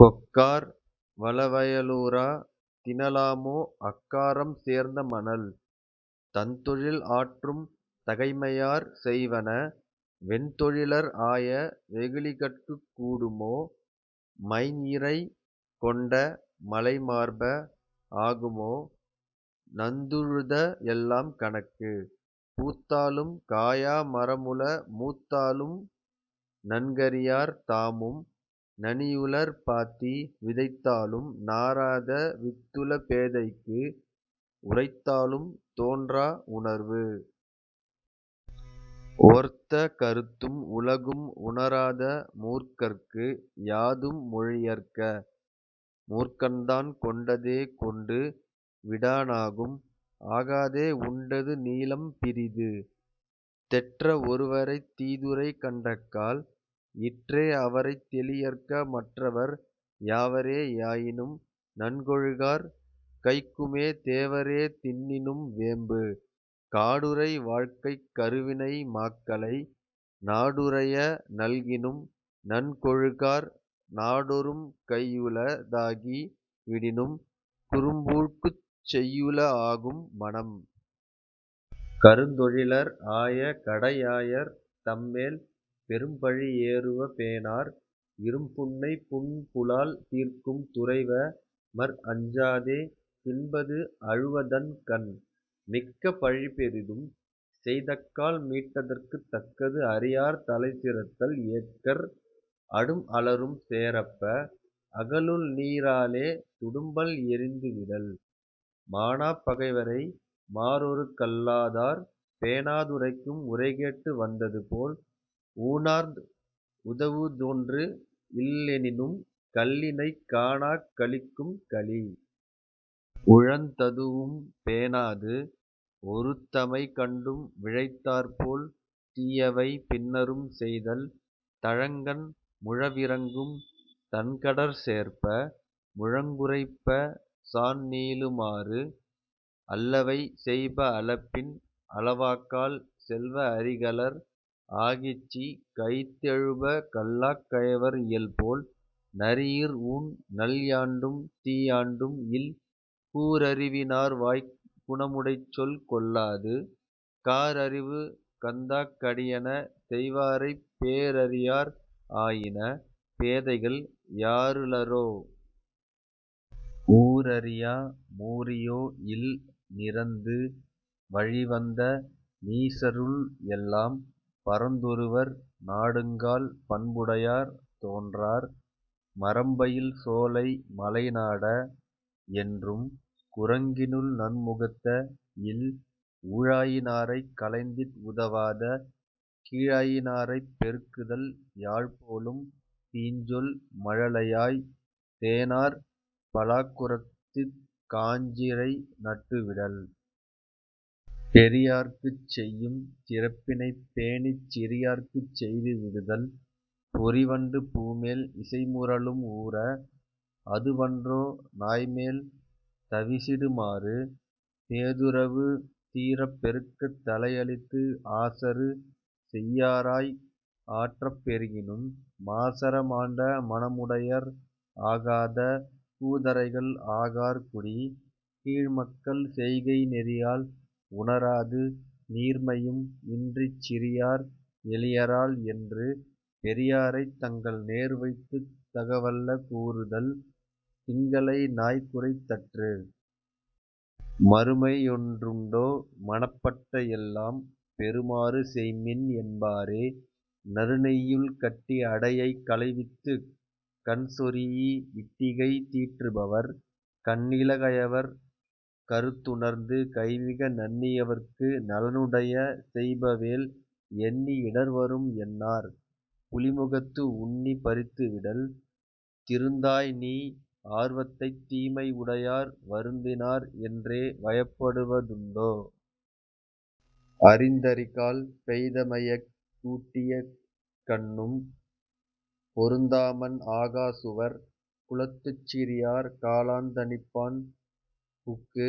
கொக்கார் வளவய லூரா! 'தினலாமோ அக்காரம் சேர்ந்த மணல்'. தந்தொழில் ஆற்றும் தகைமையார் செய்வன வெந்தொழிலர் ஆய வெகுளிகட்குக் கூடுமோ? மைந்இறை கொண்ட மலைமார்ப! 'ஆகுமோ நந்துழுத எல்லாம் கணக்கு? '. பூத்தாலும் காயா மரமுள மூத்தாலும் நன்கறியார் தாமும் நனியுளர் பாத்தி விதைத்தாலும் நாறாத வித்துள பேதைக்கு 'உரைத்தாலும் தோன்றா உணர்வு'. ஓர்த்த கருத்தும் உலகும் உணராத மூர்க்கர்க்கு யாதும் மொழியற்க! மூர்க்கன்தான் கொண்டதே கொண்டு விடானாகும் 'ஆகாதே உண்டது நீலம் பிறிது'. தெற்ற ஒருவரைத் தீதுரை கண்டக்கால் இற்றே அவரைத் தெளியற்க மற்றவர் யாவரே யாயினும் நன்கொழுகார் 'கைக்குமே தேவரே தின்னினும் வேம்பு'. காடுறை வாழ்க்கைக் கருவினை மாக்களை நாடுறைய நல்கினும் நன்கொழுகார் நாடொறும் கையுள தாகி விடினும் 'குறும்பூழ்க்குச் செய்யுள ஆகும் மனம்'. கருந்தொழிலர் ஆய கடையாயர் தம்மேல் பெரும்பழி யேறுவ பேணார் இரும்புன்னை புன்புலால் தீர்க்கும் துறைவ! மற் 'அஞ்சாதே தின்பது அழுவதன் கண்'. மிக்க பழிபெரிதும் செய்தக்கால் மீட்டதற்குத் தக்கது அறியார் தலைசிறத்தல் எக்கர் அடும்அலரும் சேரப்ப! 'அகலுள்நீ ராலே துடும்பல் எறிந்து விடல்'. மாணாப் பகைவரை மாறொறுக் கல்லாதார் பேணா துரைக்கும் உரைகேட்டு வந்ததுபோல் ஊணார்ந் உதவுவதொன்று இல்லெனினும் 'கள்ளினைக் காணாக் களிக்கும் களி'. உழந்ததூஉம் பேணாது ஒறுத்தமை கண்டும் விழைந்தார்போல் தீயவை பின்னரும் செய்தல் தழங்கண் முழவிரங்கும் தண்கடற் சேர்ப்ப! 'முழங்குறைப்ப சாண்நீளு மாறு'. அல்லவை செய்ப அலப்பின் அலவாக்கால் செல்வ அறிகலர் ஆகிச்சி தைத்தெழுப கல்லாக் கயவர் இயல்போல் 'நரியிற் ஊண் நல்யாண்டும் தீயாண்டும் இல்'. கூரறிவி னார்வாய்க் குணமுடைச்சொல் கொள்ளாது காரறிவு கந்தாக் கடியன செய்வாரைப் பேரறியார் ஆயின பேதைகள் யாருளரோ? 'ஊரறியா மூரியோ இல்'. நிரந்து வழிவந்த நீசருள் எல்லாம் பரந்தொருவர் நாடுங்கால் பண்புடையார் தோன்றார் மரம்பயில் சோலை மலைநாட! என்றும் 'குரங்கினுள் நன்முகத்த இல்'. ஊழாயி னாரைக் களைந்திட் உதவாத கீழாயி னாரைப் பெருக்குதல் யாழ்போலும் தீஞ்சொல் மழலையாய்! தேனார் 'பலாக்குறைத்துக் காஞ்சிரை நட்டு விடல்'. பெரியார்க்குச் செய்யும் சிறப்பினைப் பேணிச் சிறியார்க்குச் செய்து விடுதல் பொறிவண்டு பூமேல் இசைமுரலும் ஊர! அதுவன்றோ 'நாய்மேல் தவிசிடு மாறு'. பேதுறவு தீரப் பெருக்கத் தலையளித்து ஆசறு செய்யாராய் ஆற்றப் பெருகினும் மாசற மாண்ட மனமுடையர் ஆகாத 'கூதறைகள் ஆகார் குடி. '. கீழ்மக்கள் செய்கை நெறியால் உணராது நீர்மையும் இன்றிச் சிறியார் எளியரால் என்று பெரியாரைத் தங்கள்நேர் வைத்துத் தகவல்ல கூறுதல் 'திங்களை நாய்குரைத் தற்று'. மறுமையொன் றுண்டோ மனப்பட்ட எல்லாம் பெறுமாறு செய்ம்மின் என்பாரே- நறுநெய்யுள் கட்டி அடையைக் களைவித்துக் 'கண்சொரீஇ இட்டிகை தீற்று பவர்'. கண்ணில கயவர் கருத்துணர்ந்து கைமிக நண்ணி யவர்க்கு நலனுடைய செய்பவேல் எண்ணி இடர்வரும் என்னார் 'புலிமுகத்து உண்ணி பறித்து விடல்'. திருந்தாய்நீ ஆர்வத்தைத் தீமை உடையார் வருந்தினார் என்றே வயப்படுவ துண்டோ? அரிந்தரிகால் பெய்தமையக் கூட்டியக் கண்ணும் 'பொருந்தாமண் ஆகா சுவர்'. குலத்துச் சிறியார் கலாந்தணிப்பான் புக்கு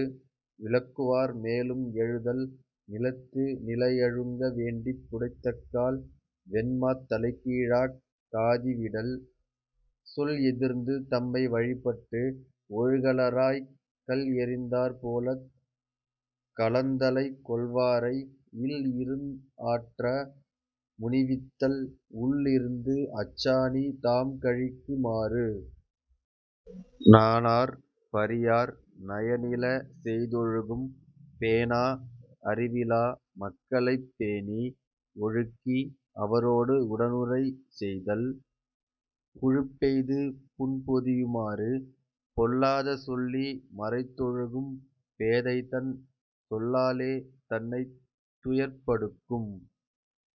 விலக்குவார் மேலும் எழுதல் நிலத்து நிலையழுங்க வேண்டிப் புடைத்தக்கால் 'வெண்மாத் தலைக்கீழாக் காதி விடல்'. சொல்எதிர்ந்து தம்மை வழிபட்டு ஒழுகலராய்க் கல்எறிந்தாற் போலத் கலாந்தலைக் கொள்வாரை இல்இருந் ஆற்ற முனிவித்தல் 'உள்ளிருந்து அச்சாணி தாம்கழிக்கு மாறு'. நாணார் பரியார் நயனில செய்தொழுகும் பேணா அறிவிலா மக்களைப் பேணி ஒழுக்கி அவரோடு உடனுறை செய்தல் 'புழுப்பெய்து புண்பொதியு மாறு'. பொல்லாத சொல்லி மறைத்தொழுகும் பேதைதன் சொல்லாலே தன்னைத் துயர்ப்படுக்கும்